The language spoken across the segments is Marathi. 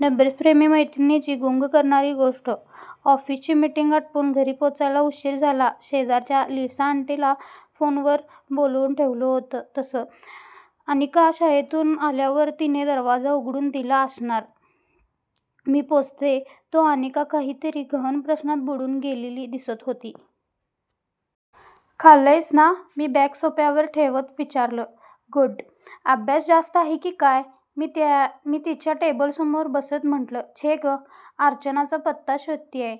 नंबर्स प्रेमी मैत्रिणींची गुंग करणारी गोष्ट! ऑफिसची मीटिंग आटपून घरी पोचायला उशीर झाला. शेजारच्या लिसाआंटीला फोनवर बोलून ठेवलं होतं तसं. अनिका शाळेतून आल्यावर तिने दरवाजा उघडून दिला असणार. मी पोचते तो अनिका काहीतरी गहन प्रश्नात बुडून गेलेली दिसत होती. 'खाल्लंयस ना'? मी बॅग सोफ्यावर ठेवत विचारलं. 'गुड. अभ्यास जास्त आहे की काय'?मी तिच्या टेबलासमोर बसत म्हटलं. 'छे गं! अर्चनाचा पत्ता शोधत्येय'!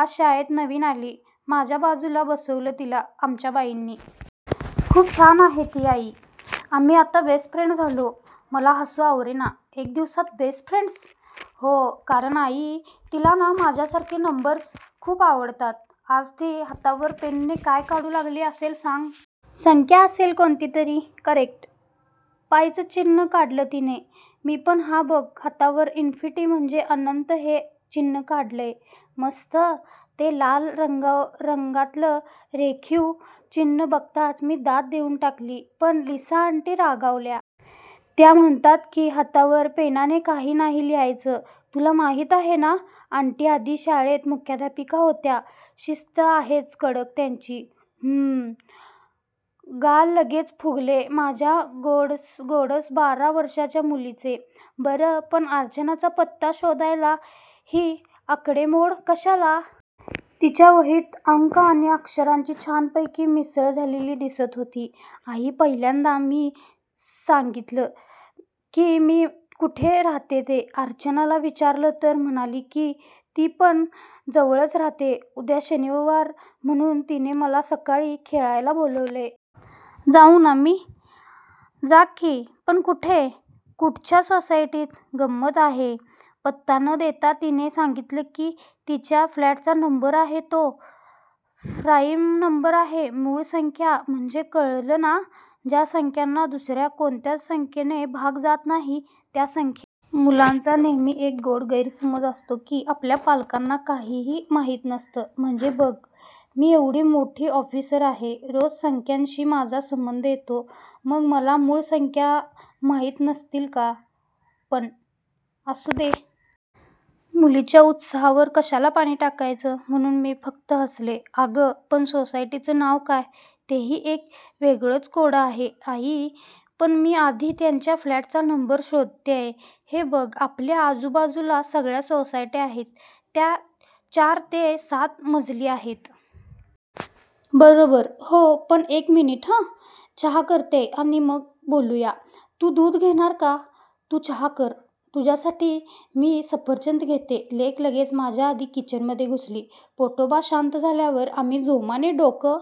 आज शाळेत नवीन आली. माझ्या बाजूला बसवलं तिला आमच्या बाईंनी. खूप छान आहे ती, आई. आम्ही आता बेस्ट फ्रेंड्स झालो! मला हसू आवरेना. 'एका दिवसात बेस्ट फ्रेंड्स'? 'हो. कारण आई, तिला ना माझ्यासारखे नंबर्स खूप आवडतात. आज ती हातावर पेनने काय काढून आली असेल सांग'? 'संख्या असेल कोणती तरी'! 'करेक्ट! पायचं चिन्ह काढलं तिने. मी पण हा बघ हातावर इन्फिनिटी म्हणजे अनंत हे चिन्ह काढलंय'. 'मस्त'!ते लाल रंगातलं रेखीव चिन्ह बघताच मी दाद देऊन टाकली. पण लिसाआंटी रागावल्या. त्या म्हणतात की, हातावर पेनाने काही नाही लिहायचं'. 'तुला माहीत आहे ना, आंटी आधी शाळेत मुख्याध्यापिका होत्या. शिस्त आहेच कडक त्यांची'.'हूं.' गाल लगेच फुगले माझ्या गोंडस बारा वर्षांच्या मुलीचे. 'बरं, पण अर्चनाचा पत्ता शोधायला ही आकडेमोड कशाला'? तिच्या वहीत अंक आणि अक्षरांची छानपैकी मिसळ झालेली दिसत होती. 'आई, पहिल्यांदा मी सांगितलं की मी कुठे राहते ते. अर्चनाला विचारलं, तर म्हणाली की ती पण जवळच राहते. उद्या शनिवार म्हणून तिने मला सकाळी खेळायला बोलावलंय. जाऊ ना मी'?'जा की. पण कुठे? कुठच्या सोसायटीत'? 'गंमत आहे. पत्ता न देता तिने सांगितलं की तिच्या फ्लॅटचा नंबर आहे तो प्राइम नंबर आहे. मूळ संख्या. म्हणजे कळलं ना? ज्या संख्यांना दुसऱ्या कोणत्याच संख्येने भाग जात नाही त्या संख्या'. मुलांचा नेहमी एक गोड गैरसमज असतो की आपल्या पालकांना काहीही माहीत नसतं. म्हणजे बघा, मी एवढी मोठी ऑफिसर आहे, रोज संख्यांशी माझा संबंध येतो. मग मला मूळ संख्या माहीत नसतील का? पण असू दे. मुलीच्या उत्साहावर कशाला पाणी टाकायचं, म्हणून मी फक्त हसले. 'अगं, पण सोसायटीचं नाव काय'?'तेही एक वेगळंच कोडं आहे, आई. पण मी आधी त्यांच्या फ्लॅटचा नंबर शोधत्येय. हे बघ आपल्या आजूबाजूला सगळ्या सोसायट्या आहेत त्या चार ते सात मजली आहेत. बरोबर'?'हो, पण एक मिनिट हं. चहा करते, आणि मग बोलूया. तू दूध घेणार का'?'तू चहा कर तुझ्यासाठी, मी सफरचंद घेते'.लेक लगेच माझ्याआधी किचनमध्ये घुसली. पोटोबा शांत झाल्यावर आम्ही जोमाने डोकं